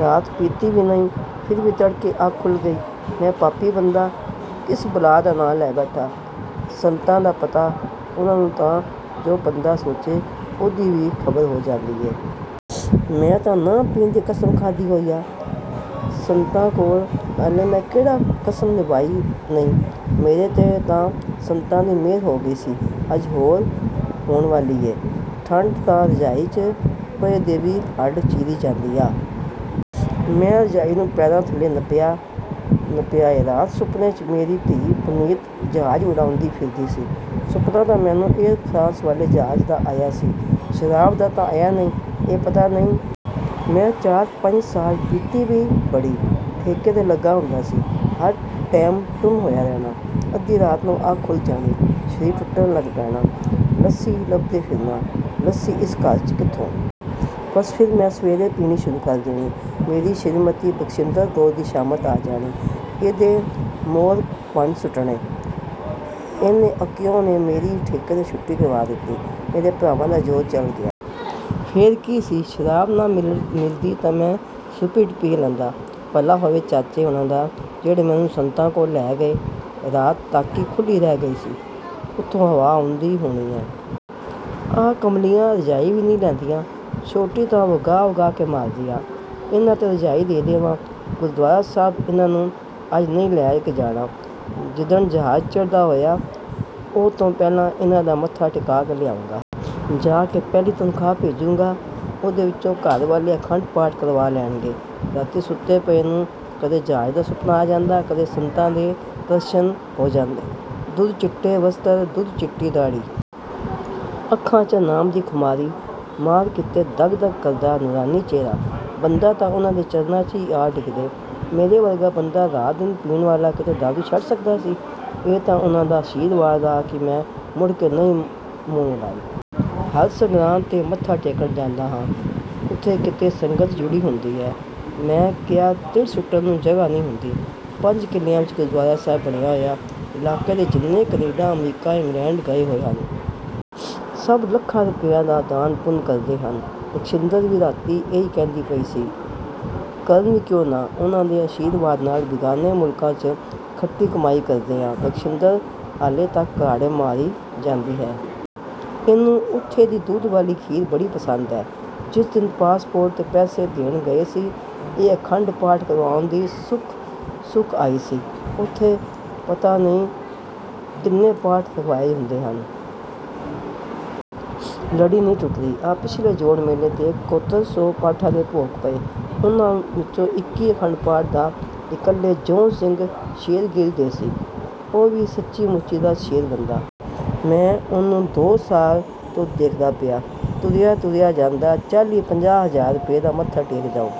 ਰਾਤ ਪੀਤੀ ਵੀ ਨਈਂ। ਫ਼ਿਰ ਵੀ ਤੜਕੇ ਅੱਖ ਖੁੱਲ੍ਹ ਗਈ। ਮੈਂ ਪਾਪੀ ਬੰਦਾ। ਕਿਸ ਬਲਾਅ ਦਾ ਨਾਂ ਲੈ ਬੈਠਾ। ਸੰਤਾਂ ਦਾ ਪਤਾ? ਉਨ੍ਹਾਂ ਨੂੰ ਤਾਂ, ਜੋ ਬੰਦਾ ਸੋਚੇ… ਉਹਦੀ ਵੀ ਖ਼ਬਰ ਹੋ ਜਾਂਦੀ ਆ। ਮੈਂ ਤਾਂ ਨਾ ਪੀਣ ਦੀ ਕਸਮ ਖਾਧੀ ਹੋਈ ਆ, ਸੰਤਾਂ ਕੋਲ। ਨਾਲੇ ਮੈਂ ਕਿਹੜਾ ਕਸਮ ਨਿਭਾਈ ਨਈਂ। ਮੇਰੇ 'ਤੇ ਤਾਂ ਸੰਤਾਂ ਦੀ ਮਿਹਰ ਹੋ ਗਈ ਸੀ। ਅੱਜ ਹੋਰ ਹੋਣ ਵਾਲੀ ਹੈ। ਠੰਡ ਤਾਂ ਰਜਾਈ 'ਚ ਪਏ ਦੇ ਵੀ ਹੱਢ ਚੀਰੀ ਜਾਂਦੀ ਆ। ਮੈਂ ਰਜਾਈ ਨੂੰ ਪੈਰਾਂ ਥੱਲੇ ਨੱਪਿਆ ਏ। ਰਾਤ ਸੁਪਨੇ 'ਚ ਮੇਰੀ ਧੀ ਪੁਨੀਤ ਜਹਾਜ਼ ਉਡਾਉਂਦੀ ਫ਼ਿਰਦੀ ਸੀ। ਸੁਪਨਾ ਤਾਂ ਮੈਨੂੰ ਏਅਰ ਫਰਾਂਸ ਵਾਲੇ ਜਹਾਜ਼ ਦਾ ਆਇਆ ਸੀ। ਸ਼ਰਾਬ ਦਾ ਤਾਂ ਆਇਆ ਨਈਂ। ਇਹ ਪਤਾ ਨਈਂ—। ਮੈਂ ਚਾਰ-ਪੰਜ ਸਾਲ ਪੀਤੀ ਵੀ ਬੜੀ। ਠੇਕੇ 'ਤੇ ਲੱਗਾ ਹੁੰਦਾ ਸੀ। ਹਰ ਟੈਮ ਟੁੰਨ ਹੋਇਆ ਰਹਿਣਾ। ਅੱਧੀ ਰਾਤ ਨੂੰ ਅੱਖ ਖੁੱਲ੍ਹ ਜਾਣੀ। ਸਰੀਰ ਟੁੱਟਣ ਲੱਗ ਪੈਣਾ। ਲੱਸੀ ਲੱਭਦੇ ਫ਼ਿਰਨਾ। ਲੱਸੀ ਇਸ ਘਰ 'ਚ ਕਿਥੋਂ? ਬੱਸ ਫ਼ਿਰ ਮੈਂ ਸਵੇਰੇ ਪੀਣੀ ਸ਼ੁਰੂ ਕਰ ਦੇਣੀ। ਮੇਰੀ ਸ਼੍ਰੀਮਤੀ ਬਖਸ਼ਿੰਦਰ ਕੌਰ ਦੀ ਸ਼ਾਮਤ ਆ ਜਾਣੀ। ਇਹਦੇ ਮੌਰ ਭੰਨ ਸੁੱਟਣੇ। ਇਹਨੇ ਅੱਕੀਓ ਨੇ ਮੇਰੀ ਠੇਕੇ ਤੋਂ ਛੁੱਟੀ ਕਰਵਾ ਦਿੱਤੀ। ਇਹਦੇ ਭਰਾਵਾਂ ਦਾ ਜ਼ੋਰ ਚੱਲ ਗਿਆ। ਫ਼ੇਰ ਕੀ ਸੀ। ਸ਼ਰਾਬ ਨਾ ਮਿਲਦੀ ਤਾਂ ਮੈਂ ਸਪਿਰਿਟ ਪੀ ਲੈਂਦਾ। ਭਲਾ ਹੋਵੇ ਚਾਚੇ ਹੁਣਾਂ ਦਾ ਜਿਹੜੇ ਮੈਨੂੰ ਸੰਤਾਂ ਕੋਲ ਲੈ ਗਏ। ਰਾਤ ਤਾਕੀ ਖੁੱਲ੍ਹੀ ਰਹਿ ਗਈ ਸੀ। ਉਥੋਂ ਹਵਾ ਆਉਂਦੀ ਹੋਣੀ ਆ। ਆਹ ਕਮਲੀਆਂ ਰਜਾਈ ਵੀ ਨਈਂ ਲੈਂਦੀਆਂ। ਛੋਟੀ ਤਾਂ ਵਗਾਹ-ਵਗਾਹ ਕੇ ਮਾਰਦੀ ਆ।… ਇਨ੍ਹਾਂ 'ਤੇ ਰਜਾਈ ਦੇ ਦੇਵਾਂ। ਗੁਰਦੁਆਰਾ ਸਾਹਿਬ ਇਨ੍ਹਾਂ ਨੂੰ ਅੱਜ ਨਈਂ ਲੈ ਕੇ ਜਾਣਾ। ਜਿੱਦਣ ਜਹਾਜ਼ ਚੜ੍ਹਣਾ ਹੋਇਆ, ਉਹ ਤੋਂ ਪਹਿਲਾਂ ਇਨ੍ਹਾਂ ਦਾ ਮੱਥਾ ਟਿਕਾ ਕੇ ਲਿਆਊਗਾ। ਜਾ ਕੇ ਪਹਿਲੀ ਤਨਖ਼ਾਹ ਭੇਜੂੰਗਾ। ਉਹਦੇ ਵਿੱਚੋਂ ਘਰ ਵਾਲੇ ਅਖੰਡ ਪਾਠ ਕਰਵਾ ਲੈਣਗੇ। ਰਾਤੀਂ ਸੁੱਤੇ ਪਏ ਨੂੰ ਕਦੇ ਜਹਾਜ਼ ਦਾ ਸੁਪਨਾ ਆ ਜਾਂਦਾ, ਕਦੇ ਸੰਤਾਂ ਦੇ ਦਰਸ਼ਨ ਹੋ ਜਾਂਦੇ। ਦੁੱਧ ਚਿੱਟੇ ਵਸਤਰ, ਦੁੱਧ ਚਿੱਟੀ ਦਾੜ੍ਹੀ। ਅੱਖਾਂ 'ਚ ਨਾਮ ਦੀ ਖੁਮਾਰੀ। ਮਾਅਰ ਕਿਤੇ… ਦੱਗ-ਦੱਗ ਕਰਦਾ ਨੂਰਾਨੀ ਚਿਹਰਾ। ਬੰਦਾ ਤਾਂ ਉਨ੍ਹਾਂ ਦੇ ਚਰਨਾਂ 'ਚ ਈ ਜਾ ਡਿਗਦੈ। ਮੇਰੇ ਵਰਗਾ ਬੰਦਾ, ਰਾਤ ਦਿਨ ਪੀਣ ਵਾਲਾ, ਕਿਤੇ ਦਾਰੂ ਛੱਡ ਸਕਦਾ ਸੀ? ਇਹ ਤਾਂ ਉਨ੍ਹਾਂ ਦਾ ਆਸ਼ੀਰਵਾਦ ਆ ਕਿ ਮੈਂ ਮੁੜ ਕੇ ਨਈਂ ਮੂੰਹ ਨੂੰ ਲਾਈ। ਹਰ ਸੰਗਰਾਂਦ 'ਤੇ ਮੱਥਾ ਟੇਕਣ ਜਾਂਦਾ ਹਾਂ। ਉੱਥੇ ਕਿਤੇ ਸੰਗਤ ਜੁੜੀ ਹੁੰਦੀ ਹੈ! ਮੈਂ ਕਿਹੈ… ਤਿਲ ਸੁੱਟਣ ਨੂੰ ਜਗ੍ਹਾ ਨਈਂ ਹੁੰਦੀ। ਪੰਜ ਕਿੱਲਿਆਂ ਵਿੱਚ ਗੁਰਦੁਆਰਾ ਸਾਹਿਬ ਬਣਿਆ ਹੋਇਆ। ਇਲਾਕੇ ਦੇ ਜਿੰਨੇ ਕਨੈਡਾ ਅਮਰੀਕਾ ਇੰਗਲੈਂਡ ਗਏ ਹੋਏ ਹਨ। ਸੱਭ ਲੱਖਾਂ ਰੁਪਈਆਂ ਦਾ ਦਾਨ ਪੁੰਨ ਕਰਦੇ ਹਨ। ਬਖਸ਼ਿੰਦਰ ਵੀ ਰਾਤੀਂ ਇਹੀ ਕਹਿੰਦੀ ਪਈ ਸੀ। "ਕਰਨ ਵੀ ਕਿਉਂ ਨਾ। ਉਨ੍ਹਾਂ ਦੇ ਆਸ਼ੀਰਵਾਦ ਨਾਲ ਬਿਗਾਨੇ ਮੁਲਕਾਂ 'ਚ ਖੱਟੀ ਕਮਾਈ ਕਰਦੇ ਆ। " ਬਖਸ਼ਿੰਦਰ ਹਾਲੇ ਤੱਕ ਘਰਾੜੇ ਮਾਰੀ ਜਾਂਦੀ ਹੈ। ਇਹਨੂੰ ਉੱਥੇ ਦੀ ਦੁੱਧ ਵਾਲੀ ਖੀਰ ਬੜੀ ਪਸੰਦ ਹੈ। ਜਿਸ ਦਿਨ ਪਾਸਪੋਰਟ ਤੇ ਪੈਸੇ ਦੇਣ ਗਏ ਸੀ। ਇਹ ਅਖੰਡ ਪਾਠ ਕਰਵਾਉਣ ਦੀ ਸੁੱਖ ਸੁਖ ਆਈ ਸੀ। ਉਥੇ ਪਤਾ ਨਈਂ ਕਿੰਨੇ ਪਾਠ ਰਖਵਾਏ ਹੁੰਦੇ ਹਨ। ਲੜੀ ਨਈਂ ਟੱੁਟਦੀ। ਆ ਪਿੱਛਲੇ ਜੋੜ ਮੇਲੇ 'ਤੇ ਕੋਤਰ ਸੌ ਪਾਠਾਂ ਦੇ ਭੋਗ ਪਏ। ਉਨ੍ਹਾਂ ਵਿੱਚੋਂ ਇੱਕੀ ਅਖੰਡ ਪਾਠ ਤਾਂ ਇਕੱਲੇ ਜੌਹਨ ਸਿੰਘ ਸ਼ੇਰਗਿੱਲ ਦੇ ਸੀ। ਉਹ ਵੀ ਸੱਚੀਂ ਮੁੱਚੀਂ ਦਾ ਸ਼ੇਰ ਬੰਦਾ। ਮੈਂ ਉਹਨੂੰ ਦੋ ਸਾਲ ਤੋਂ ਦੇਖਦਾ ਪਿਆਂ। ਤੁਰਿਆ-ਤੁਰਿਆ ਜਾਂਦਾ ਚਾਲੀ-ਪੰਜਾਹ ਹਜ਼ਾਰ ਰੁਪਏ ਦਾ ਮੱਥਾ ਟੇਕ ਜਾਊ।